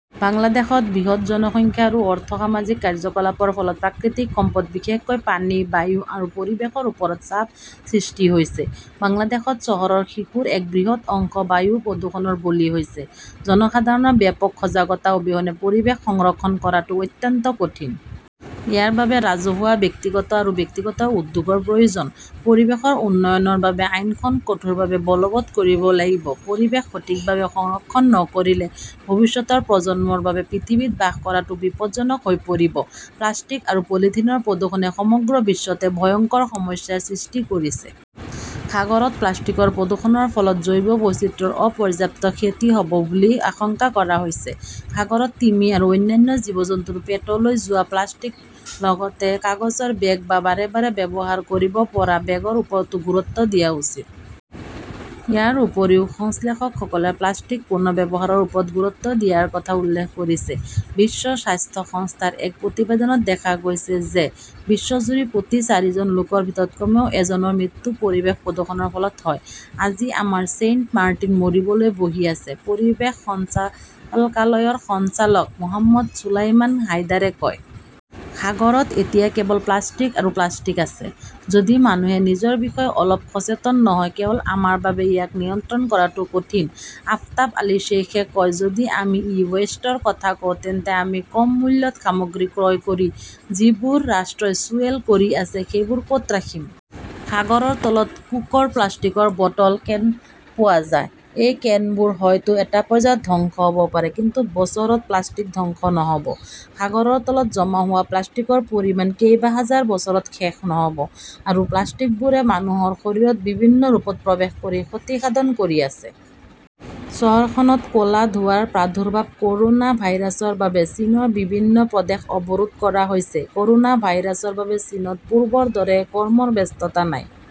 বাংলাদেশত বৃহৎ জনসংখ্যা আৰু অৰ্থ সামাজিক কাৰ্যকলাপৰ ফলত প্ৰাকৃতিক সম্পদ বিশেষকৈ পানী, বায়ু আৰু পৰিৱেশৰ ওপৰত চাপ সৃষ্টি হৈছে। বাংলাদেশত চহৰৰ শিশুৰ এক বৃহৎ অংশ বায়ু প্ৰদূষণৰ বলি হৈছে। জনসাধাৰণৰ ব্যাপক সজাগতা অবিহনে পৰিৱেশ সংৰক্ষণ কৰাটো অত্যন্ত কঠিন। ইয়াৰ বাবে ৰাজহুৱা-ব্যক্তিগত আৰু ব্যক্তিগত উদ্যোগৰ প্ৰয়োজন। পৰিৱেশৰ উন্নয়নৰ বাবে আইনখন কঠোৰভাৱে বলৱৎ কৰিব লাগিব। পৰিৱেশ সঠিকভাৱে সংৰক্ষণ নকৰিলে ভৱিষ্যতৰ প্ৰজন্মৰ বাবে পৃথিৱীত বাস কৰাটো বিপদজনক হৈ পৰিব। প্লাষ্টিক আৰু পলিথিনৰ প্ৰদূষণে সমগ্ৰ বিশ্বতে ভয়ংকৰ সমস্যাৰ সৃষ্টি কৰিছে। সাগৰত প্লাষ্টিকৰ প্ৰদূষণৰ ফলত জৈৱ বৈচিত্ৰ্যৰ অপৰ্যাপ্ত ক্ষতি হ'ব বুলি আশংকা কৰা হৈছে। সাগৰত তিমি আৰু অন্যান্য জীৱ-জন্তুৰ পেটলৈ যোৱা প্লাষ্টিক লগতে কাগজৰ বেগ বা বাৰে বাৰে ব্যৱহাৰ কৰিব পৰা বেগৰ ওপৰতো গুৰুত্ব দিয়া উচিত। ইয়াৰ উপৰিও সংশ্লেষকসকলে প্লাষ্টিক পুনৰ্ব্যৱহাৰৰ ওপৰত গুৰুত্ব দিয়াৰ কথা উল্লেখ কৰিছে। বিশ্ব স্বাস্থ্য সংস্থাৰ এক প্ৰতিবেদনত দেখা গৈছে যে, বিশ্বজুৰি প্ৰতি চাৰিজন লোকৰ ভিতৰত কমেও এজনৰ মৃত্যু পৰিৱেশ প্ৰদূষণৰ ফলত হয়। আজি আমাৰ ছেইণ্ট মাৰ্টিন মৰিবলৈ বহি আছে, পৰিৱেশ সঞ্চালকালয়ৰ সঞ্চালক মহম্মদ চুলাইমান হাইদাৰে কয়। সাগৰত এতিয়া কেৱল প্লাষ্টিক আৰু প্লাষ্টিক আছে। যদি মানুহে নিজৰ বিষয়ে অলপ সচেতন নহয়, কেৱল আমাৰ বাবে ইয়াক নিয়ন্ত্ৰণ কৰাটো কঠিন। আফতাব আলী শ্বেইখে কয়, যদি আমি ই ৱেষ্টৰ কথা কওঁ, তেন্তে আমি কম মূল্যত সামগ্ৰী ক্ৰয় কৰি যিবোৰ ৰাষ্ট্ৰই চুৱেল কৰি আছে সেইবোৰ ক'ত ৰাখিম? সাগৰৰ তলত কোকৰ প্লাষ্টিকৰ বটল, কেন পোৱা যায়। এই কেনবোৰ হয়তো এটা পৰ্যায়ত ধ্বংস হ'ব পাৰে, কিন্তু বছৰত প্লাষ্টিক ধ্বংস নহ'ব। সাগৰৰ তলত জমা হোৱা প্লাষ্টিকৰ পৰিমাণ কেইবাহাজাৰ বছৰত শেষ নহ'ব। আৰু এই প্লাষ্টিকবোৰে মানুহৰ শৰীৰত বিভিন্ন ৰূপত প্ৰৱেশ কৰি ক্ষতিসাধন কৰি আছে। চহৰখনত ক 'লা ধোঁৱাৰ প্ৰাদুৰ্ভাৱ ক'ৰোনা ভাইৰাছৰ বাবে চীনৰ বিভিন্ন প্ৰদেশ অৱৰোধ কৰা হৈছে। ক'ৰোনা ভাইৰাছৰ বাবে চীনত পূৰ্বৰ দৰে কৰ্মৰ ব্যস্ততা নাই।